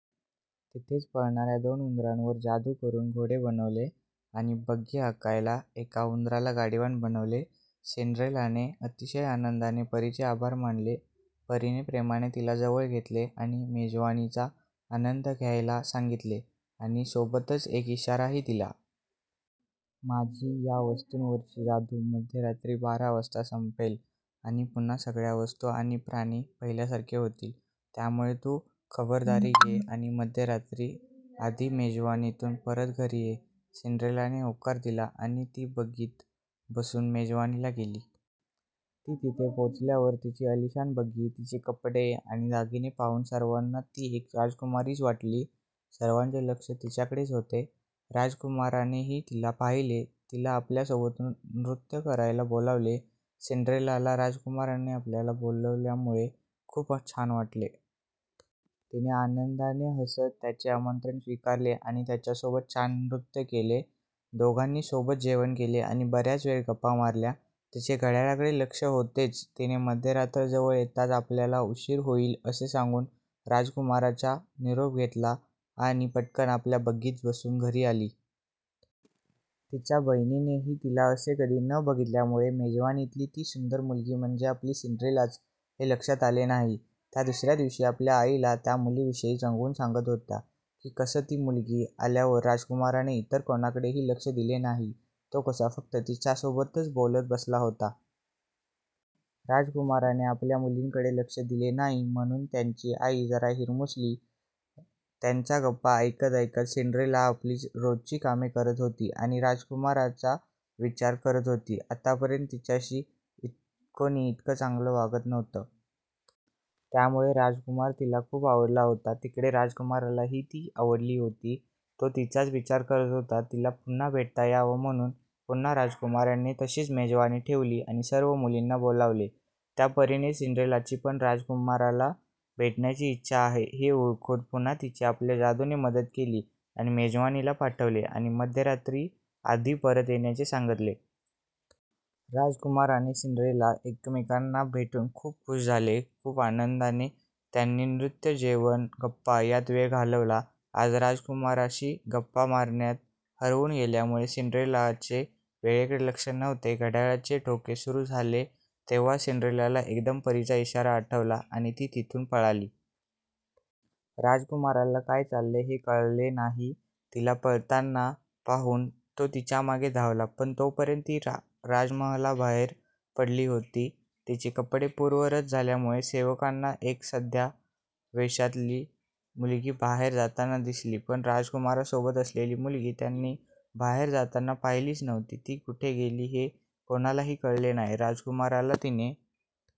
तिथेच पळणाऱ्या दोन उंदरांवर जादु करून घोडे बनवले आणि बग्गी हाकायला एका उंदराला गाडीवान बनवले. सिंड्रेलाने अतिशय आनंदाने परीचे आभार मानले. परीने प्रेमाने तिला जवळ घेतले आणि मेजवानीचा आनंद घ्यायला सांगितले आणि सोबतच एक इशाराही दिला. माझी या वस्तूंवरची जादु मध्यरात्री बारा वाजता संपेल आणि पुन्हा सगळ्या वस्तू आणि प्राणी पहिल्यासारखे होतील. त्यामुळे तु खबरदारी घे आणि मध्यरात्री आधी मेजवानीतून परत घरी ये. सिंड्रेलाने होकार दिला आणि ती बग्गीत बसुन मेजवानीला गेली. ती तिथे पोहोचल्यावर तिची आलिशान बग्गी, तिचे कपडे आणि दागिने पाहुन सर्वांना ती एक राजकुमारीच वाटली. सर्वांचे लक्ष तिच्याकडेच होते. राजकुमारानेही तिला पाहिले. तिला आपल्यासोबत नृत्य करायला बोलावले. सिंड्रेलाला राजकुमाराने आपल्याला बोलावल्यामुळे खुप छान वाटले. तिने आनंदाने हसत त्याचे आमंत्रण स्वीकारले आणि त्याच्यासोबत छान नृत्य केले. दोघांनी सोबत जेवण केले आणि बऱ्याच वेळ गप्पा मारल्या. तिचे घड्याळाकडे लक्ष होतेच. तिने मध्यरात्र जवळ येताच आपल्याला उशीर होईल असे सांगून राजकुमाराच्या निरोप घेतला आणि पटकन आपल्या बग्गीत बसून घरी आली. तिच्या बहिणींनीही तिला असे कधी न बघितल्यामुळे मेजवानीतली ती सुंदर मुलगी म्हणजे आपली सिंड्रेलाच हे लक्षात आले नाही. त्या दुसऱ्या दिवशी आपल्या आईला त्या मुलीविषयी रंगवुन सांगत होत्या, कि कसं ती मुलगी आल्यावर राजकुमाराने इतर कोणाकडेही लक्ष दिले नाही, तो कसा फक्त तिच्यासोबतच बोलत बसला होता. राजकुमाराने आपल्या मुलींकडे लक्ष दिले नाही म्हणून त्यांची आई जरा हिरमुसली. त्यांच्या गप्पा ऐकत ऐकत सिंड्रेला आपली रोजची कामे करत होती आणि राजकुमाराचा विचार करत होती. आतापर्यंत तिच्याशी कोणी इतकं चांगलं वागलं नव्हतं. त्यामुळे राजकुमार तिला खुप आवडला होता. तिकडे राजकुमारालाही ती खुप आवडली होती. तो तिचाच विचार करत होता. तिला पुन्हा भेटता यावं म्हणुन पुन्हा राजकुमाराने तशीच मेजवानी ठेवली आणि सर्व मुलींना बोलावले. त्या परीने सिंड्रेलाची पण राजकुमाराला भेटण्याची इच्छा आहे हे ओळखुन पुन्हा तिची आपल्या जादूने मदत केली आणि मेजवानीला पाठवले, आणि मध्यरात्री आधी परत येण्याचे सांगितले. राजकुमार आणि सिंड्रेला एकमेकांना भेटुन खुप खुश झाले. खूप आनंदाने त्यांनी नृत्य, जेवण, गप्पा यात वेळ घालवला. आज राजकुमाराशी गप्पा मारण्यात हरवुन गेल्यामुळे सिंड्रेलाचे वेळेकडे लक्षच नव्हते. घड्याळाचे ठोके सुरु झाले तेव्हा सिंड्रेलाला एकदम परीचा इशारा आठवला आणि ती तिथुन पळाली. राजकुमाराला काय चाललंय हे कळले नाही. तिला पळताना पाहून तो तिच्यामागे धावला. पण तोपर्यंत ती राजमहालाबाहेर पडली होती. तिचे कपडे पूर्ववत झाल्यामुळे सेवकांना एक सध्या वेशातली मुलगी बाहेर जाताना दिसली, पण राजकुमारासोबत असलेली मुलगी त्यांनी बाहेर जाताना पाहिलीच नव्हती. ती कुठे गेली हे कोणालाही कळले नाही. राजकुमाराला तिने